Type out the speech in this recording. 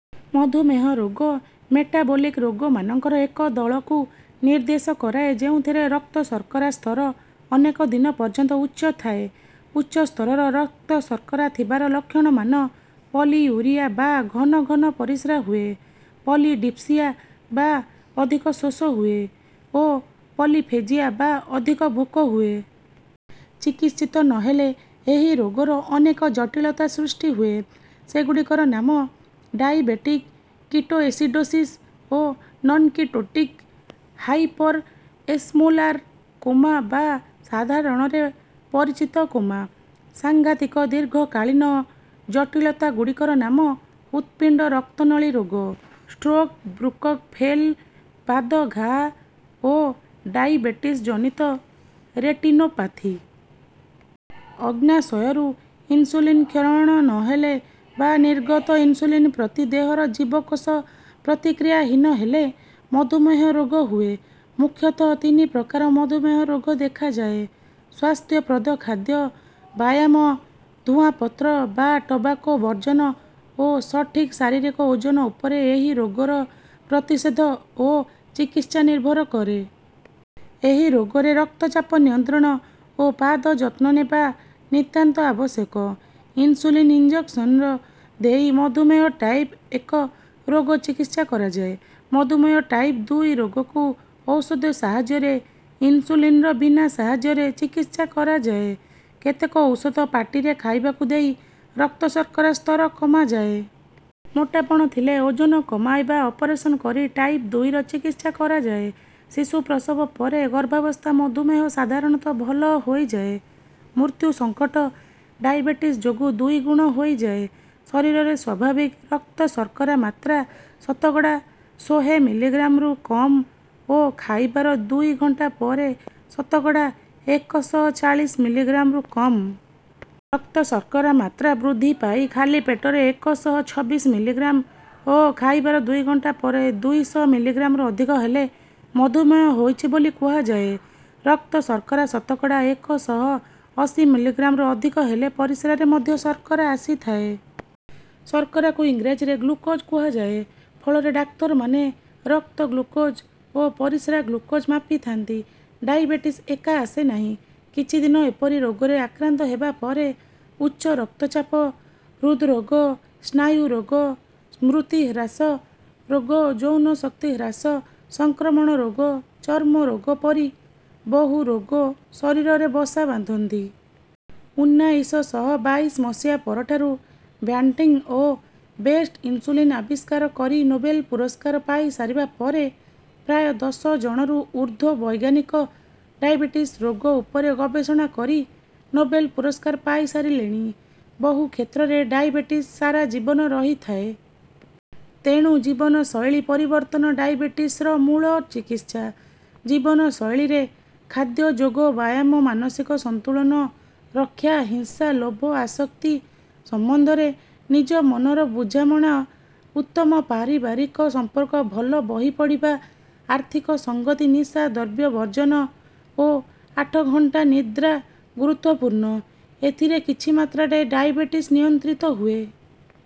ମଧୁମେହ ରୋଗ ମେଟାବୋଲିକ ରୋଗମାନଙ୍କ ଏକ ଦଳକୁ ନିର୍ଦ୍ଦେଶ କରାଏ ଯେଉଁଥିରେ ରକ୍ତଶର୍କରା ସ୍ତର ଅନେକ ଦିନ ପର୍ଯ୍ୟନ୍ତ ଉଚ୍ଚ ଥାଏ। ଉଚ୍ଚ ସ୍ତରର ରକ୍ତଶର୍କରା ଥିବାର ଲକ୍ଷଣମାନ ପଲିୟୁରିଆ ବା ଘନ ଘନ ପରିସ୍ରା ହୁଏ ପଲିଡିପ୍ସିଆ ବା ଅଧିକ ଶୋଷ ହୁଏ ଓ ପଲିଫେଜିଆ ବା ଅଧିକ ଭୋକ ହୁଏ। ଚିକିତ୍ସିତ ନ ହେଲେ ଏହି ରୋଗର ଅନେକ ଜଟିଳତା ସୃଷ୍ଟି ହୁଏ। ସେଗୁଡ଼ିକର ନାମ ଡାଏବେଟିକ କିଟୋଏସିଡୋସିସ ଓ ନନକିଟୋଟିକ ହାଇପରଅସମୋଲାର କୋମା ବା ସାଧାରଣରେ ପରିଚିତ କୋମା। ସାଂଘାତିକ ଦୀର୍ଘକାଳୀନ ଜଟିଳତାଗୁଡ଼ିକର ନାମ ହୃତ୍ପିଣ୍ଡ ରକ୍ତନଳୀ ରୋଗ ଷ୍ଟ୍ରୋକ ବୃକ୍କ ଫେଲ ପାଦ ଘାଆ ଓ ଡାଏବେଟିସ ଜନିତ ରେଟିନୋପାଥି। ଅଗ୍ନାଶୟରୁ ଇନସୁଲିନ କ୍ଷରଣ ନ ହେଲେ ବା ନିର୍ଗତ ଇନସୁଲିନ ପ୍ରତି ଦେହର ଜୀବକୋଷ ପ୍ରତିକ୍ରିୟାହୀନ ହେଲେ ମଧୁମେହ ରୋଗ ହୁଏ। ମୁଖ୍ୟତଃ ତିନି ପ୍ରକାର ମଧୁମେହ ରୋଗ ଦେଖାଯାଏ। ସ୍ୱାସ୍ଥ୍ୟପ୍ରଦ ଖାଦ୍ୟ ବ୍ୟାୟାମ ଧୂଆଁପତ୍ର ବା ଟୋବାକୋ ବର୍ଜନ ଓ ସଠିକ ଶାରୀରିକ ଓଜନ ଉପରେ ଏହି ରୋଗର ପ୍ରତିଷେଧ ଓ ଚିକିତ୍ସା ନିର୍ଭର କରେ। ଏହି ରୋଗରେ ରକ୍ତଚାପ ନିୟନ୍ତ୍ରଣ ଓ ପାଦଯତ୍ନ ନେବା ନିତାନ୍ତ ଆବଶ୍ୟକ। ଇନସୁଲିନ ଇଞ୍ଜେକସନ ଦେଇ ମଧୁମେହ ଟାଇପ ଏକ ରୋଗ ଚିକିତ୍ସା କରାଯାଏ। ମଧୁମେହ ଟାଇପ ଦୁଇ ରୋଗକୁ ଔଷଧ ସାହାଯ୍ୟରେ ଇନସୁଲିନର ବିନା ସାହାଯ୍ୟରେ ଚିକିତ୍ସା କରାଯାଏ। କେତେକ ଔଷଧ ପାଟିରେ ଖାଇବାକୁ ଦେଇ ରକ୍ତଶର୍କରା ସ୍ତର କମାଯାଏ। ମୋଟାପଣ ଥିଲେ ଓଜନ କମାଇବା ଅପରେସନ କରି ଟାଇପ ଦୁଇର ଚିକିତ୍ସା କରାଯାଏ। ଶିଶୁ ପ୍ରସବ ପରେ ଗର୍ଭାବସ୍ଥା ମଧୁମେହ ସାଧାରଣତଃ ଭଲ ହୋଇଯାଏ। ମୃତ୍ୟୁ ସଙ୍କଟ ଡାଏବେଟିସ ଯୋଗୁ ଦୁଇ ଗୁଣ ହୋଇଯାଏ। ଶରୀରରେ ସ୍ୱାଭାବିକ ରକ୍ତଶର୍କରା ମାତ୍ରା ଶତକଡ଼ା ସୋହେ ମିଲିଗ୍ରାମରୁ କମ ଓ ଖାଇବାର ଦୁଇ ଘଣ୍ଟା ପରେ ଶତକଡ଼ା ଏକ ଶହ ଚାଳିଶି ମିଲିଗ୍ରାମରୁ କମ। ରକ୍ତଶର୍କରା ମାତ୍ରା ବୃଦ୍ଧି ପାଇ ଖାଲି ପେଟରେ ଏକ ଶହ ଛବିଶି ମିଲିଗ୍ରାମ ଓ ଖାଇବାର ଦୁଇ ଘଣ୍ଟା ପରେ ଦୁଇ ଶହ ମିଲିଗ୍ରାମରୁ ଅଧିକ ହେଲେ ମଧୁମେହ ହୋଇଛି ବୋଲି କୁହାଯାଏ। ରକ୍ତଶର୍କରା ଶତକଡ଼ା ଏକ ଶହ ଅଶୀ ମିଲିଗ୍ରାମରୁ ଅଧିକ ହେଲେ ପରିସ୍ରାରେ ମଧ୍ୟ ଶର୍କରା ଆସିଥାଏ। ଶର୍କରାକୁ ଇଂରାଜୀରେ ଗ୍ଲୁକୋଜ କୁହାଯାଏ। ଫଳରେ ଡାକ୍ତରମାନେ ରକ୍ତ ଗ୍ଲୁକୋଜ ଓ ପରିସ୍ରା ଗ୍ଲୁକୋଜ ମାପିଥାନ୍ତି। ଡାଇବେଟିସ ଏକା ଆସେ ନାହିଁ। କିଛି ଦିନ ଏପରି ରୋଗରେ ଆକ୍ରାନ୍ତ ହେବା ପରେ ଉଚ୍ଚ ରକ୍ତଚାପ ହୃଦରୋଗ ସ୍ନାୟୁରୋଗ ସ୍ମୃତିହ୍ରାସ ରୋଗ ଯୌନଶକ୍ତି ହ୍ରାସ ସଂକ୍ରମଣ ରୋଗ ଚର୍ମରୋଗ ପରି ବହୁ ରୋଗ ଶରୀରରେ ବସା ବାନ୍ଧନ୍ତି। ଉନାଇଶ ଶହ ବାଇଶି ମସିହା ପରଠାରୁ ବ୍ୟାଣ୍ଟିଂ ଓ ବେଷ୍ଟ ଇନସୁଲିନ ଆବିଷ୍କାର କରି ନୋବେଲ ପୁରସ୍କାର ପାଇସାରିବା ପରେ ପ୍ରାୟ ଦଶ ଜଣରୁ ଊର୍ଦ୍ଧ୍ୱ ବୈଜ୍ଞାନିକ ଡାଇବେଟିସ ରୋଗ ଉପରେ ଗବେଷଣା କରି ନୋବେଲ ପୁରସ୍କାର ପାଇସାରିଲେଣି। ବହୁ କ୍ଷେତ୍ରରେ ଡାଇବେଟିସ ସାରା ଜୀବନ ରହିଥାଏ। ତେଣୁ ଜୀବନଶୈଳୀ ପରିବର୍ତ୍ତନ ଡାଇବେଟିସର ମୂଳ ଚିକିତ୍ସା। ଜୀବନଶୈଳୀରେ ଖାଦ୍ୟ ଯୋଗ ବ୍ୟାୟାମ ମାନସିକ ସନ୍ତୁଳନ ରକ୍ଷା ହିଂସା ଲୋଭ ଆସକ୍ତି ସମ୍ବନ୍ଧୀୟ ନିଜ ମନର ବୁଝାମଣା ଉତ୍ତମ ପାରିବାରିକ ସମ୍ପର୍କ ଭଲ ବହି ପଢ଼ିବା ଆର୍ଥିକ ସଂଗତି ନିଶାଦ୍ରବ୍ୟ ବର୍ଜନ ଓ ଆଠ ଘଣ୍ଟା ନିଦ୍ରା ଗୁରୁତ୍ୱପୂର୍ଣ୍ଣ। ଏଥିରେ କିଛି ମାତ୍ରାରେ ଡାଇବେଟିସ ନିୟନ୍ତ୍ରିତ ହୁଏ।